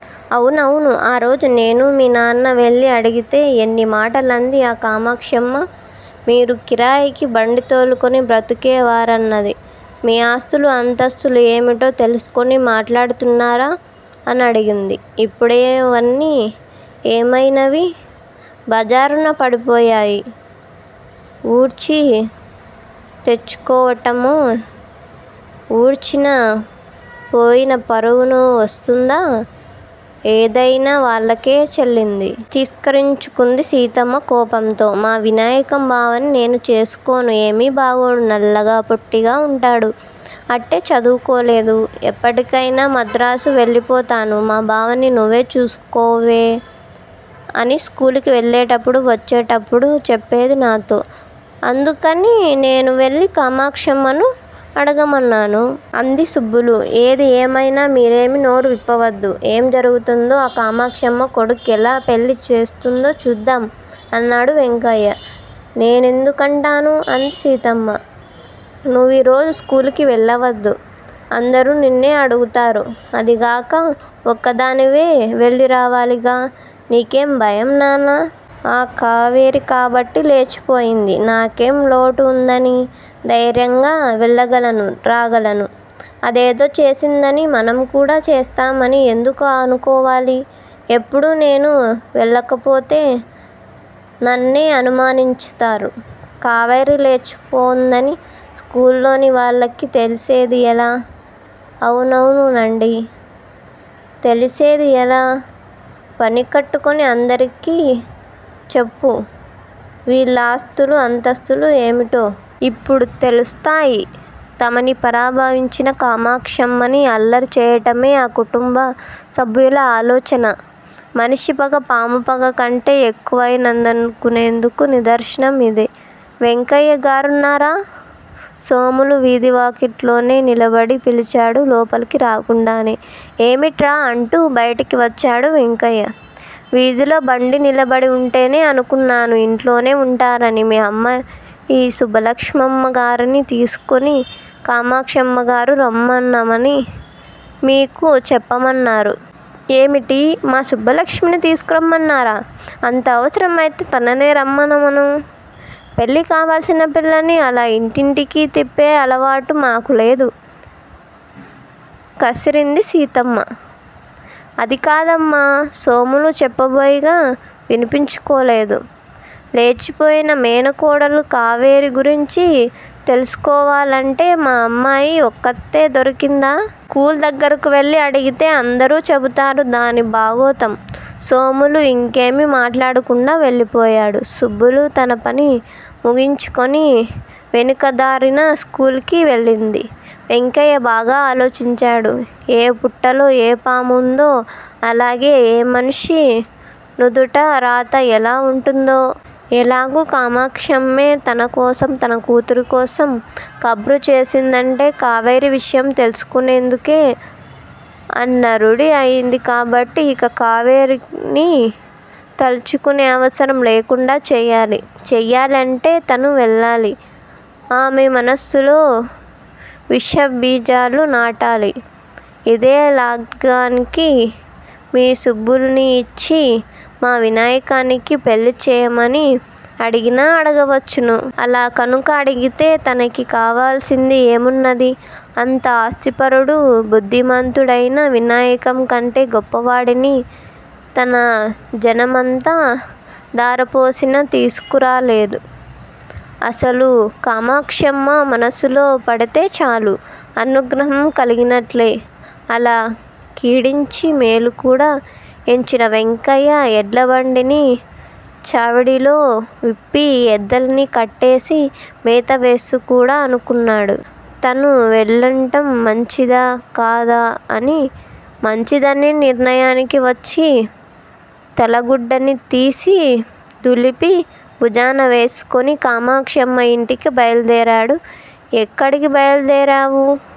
అవునవును! ఆరోజున నేనూ, మీనాన్నా వెళ్ళి అడిగితే ఎన్ని మాటలన్నది ఆ కామాక్షమ్మ? మీరు కిరాయికి బండితోలుకుని బ్రతికేవారన్నది. మీ ఆస్తులు అంతస్తులూ ఏమిటో తెలుసుకుని మాట్లాడుతున్నారా? అనడిగింది. ఇప్పుడవన్నీ ఏమయినవి? బజారున పడిపోయాయి! ఊడ్చి తెచ్చుకోవటమే! ఊడ్చినా పోయినపరువు వస్తుందా? ఏదయినా వాళ్ళకే చెల్లింది! ఛీత్కరించుకుంది సీతమ్మ కోపంతో! మా వినాయకం బావని నేను చేసుకోను! ఏమీ బాగోడు! నల్లగా పొట్టిగా వుంటాడు. అట్టే చదువుకోలేదు! ఎప్పటికయినా మద్రాసు వెళ్ళి పోతాను. మా బావని నువ్వే చేసుకోవే! అని స్కూలుకి వెళ్ళేటప్పుడు వచ్చేటప్పుడుకూడా చెప్పేది నాతో! అందుకని నేనువెళ్ళి కామాక్షమ్మను అడగమన్నాను! అంది సుబ్బులు! ఏది ఏమయినా మీరేమీ నోరు విప్పవద్దు! ఏం జరుగుతుందో? ఆ కామాక్షమ్మ కొడుక్కి ఎలా పెళ్ళి చూస్తుందో చూద్దాం! అన్నాడు వెంకయ్య. నేను ఎందుకంటాను? అంది సీతమ్మ. నువ్వీరోజున స్కూలుకి వెళ్ళవద్దు! అందరూ నిన్నే అడుగుతారు. అదీగాక ఒక్కదానివే వెళ్ళిరావాలిగా? నాకేం భయంనాన్నా? ఆ కావేరికాబట్టి లేచిపోయింది. నాకేం లోటు వుందని? ధైర్యంగా వెళ్ళగలనూ, రాగలను! అదేదో చేసిందని మనంకూడా చేస్తామని ఎందుకు అనుకోవాలి? యిప్పుడు నేను వెళ్ళకపోతే నన్నే అనుమానించుతారు! కావేరి లేచిపోయిందని స్కూలులోని వాళ్ళకి తెలిసేది ఎలా? అవునవునండీ! తెలిసేది ఎలా? పనికట్టుకుని అందరికీ చెప్పు! వీళ్ళ ఆస్తులూ అంతస్తులూ ఏమిటో? ఇప్పుడు తెలుస్తాయి. తమని పరాభావించిన కామాక్షమ్మని అల్లరి చేయటమే ఆ కుటుంబ సభ్యుల ఆలోచన! మనిషి పగ పాము పగ కంటే ఎక్కువయినదనుకునేటందుకు నిదర్శనం యిదే! వెంకయ్యగారున్నారా? సోములు వీధి వాకిట్లోనే నిలబడి పిలిచాడు లోపలికి రాకుండానే? ఏమిట్రా? అంటూ బైటికి వచ్చాడు వెంకయ్య. వీధిలో బండి నిలబడి వుంటేనే అనుకున్నాను యింట్లోనే వుంటారని మీ అమ్మాయి సుబ్బలక్ష్మమ్మ గారిని తీసుకుని కామాక్షమ్మగారు రమ్మనమని మీకు చెప్పమన్నారు! ఏమిటే? మా సుబ్బలక్ష్మిని తీసుకురమ్మన్నారా? అంత అవసరం అయితే తననే రమ్మనమను! పెళ్ళి కావాలసిన పిల్లని అలా ఇంటింటికీ తిప్పే అలవాటు మాకులేదు! కసిరింది సీతమ్మ. అది కాదమ్మా! సోములు చెప్పబోయినా వినిపించుకోలేదు. లేచిపోయిన మేనకోడలు కావేరి గురించి తెలుసుకోవాలంటే మా అమ్మాయి ఒక్రతే దొరికిందా? స్కూలు దగ్గరకు వెళ్ళి అడిగితే అందరూ చెప్పుతారు దాని బాగోతం! సోములు యింకేమీ మాట్లాడకుండా వెళ్ళిపోయాడు. సుబ్బులు తన పని ముగించుకుని వెనుక దారిన స్కూలుకి వెళ్ళింది. వెంకయ్య బాగా ఆలోచించాడు ఏ పుట్టలో ఏ పాము వుందో? అలాగే ఏ మనిషి నుదుట రాత ఎలా వుంటుందో? ఎలాగూ కామాక్షమ్మే తన కోసం తన కూతురు కోసం కబురు చేసిందంటే కావేరి విషయాలు తెలుసుకునేటందుకే! అన్న రూఢీ అయింది కాబట్టి యింక కావేరిని తలుచుకునే అవసరం లేకుండా చేయాలి! చేయాలీ అంటే తను వెళ్ళాలి! ఆమె మనసులో విష బీజాలు నాటాలి? యిదే లగ్నానికి మీ సుబ్బులుని యిచ్చి మా వినాయకానికి పెళ్ళి చేయమని అడిగినా అడగవచ్చును! అలా కనుక అడిగితే తనకి కావలసింది ఏమున్నది? అంత ఆస్థిపరుడు బుద్దిమంతుడయిన వినాయకం కంటే గొప్పవాడిని తన జనమంతా ధారాపోసినా తీసుకురాలేడు. అసలు కామాక్షమ్మ మనసులో పడితే చాలు! అనుగ్రహం కలిగినట్లే! అలా కీడెంచి మేలు కూడా ఎంచిన వెంకయ్య ఎడ్ల బండిని చావిడిలో విప్పి ఎద్లని కట్టేసి మేత వేస్తూ కూడా అనుకున్నాడు. తను వెళ్ళటం మంచిదా? కాదా? అని! మంచిదనే నిర్ణయానికి వచ్చి తలగుడ్దని తీసి దులిపి భుజాన వేసుకుని కామాక్షమ్మ యింటికి బయలుదేరాడు. ఎక్కడికీ బయలుదేరావు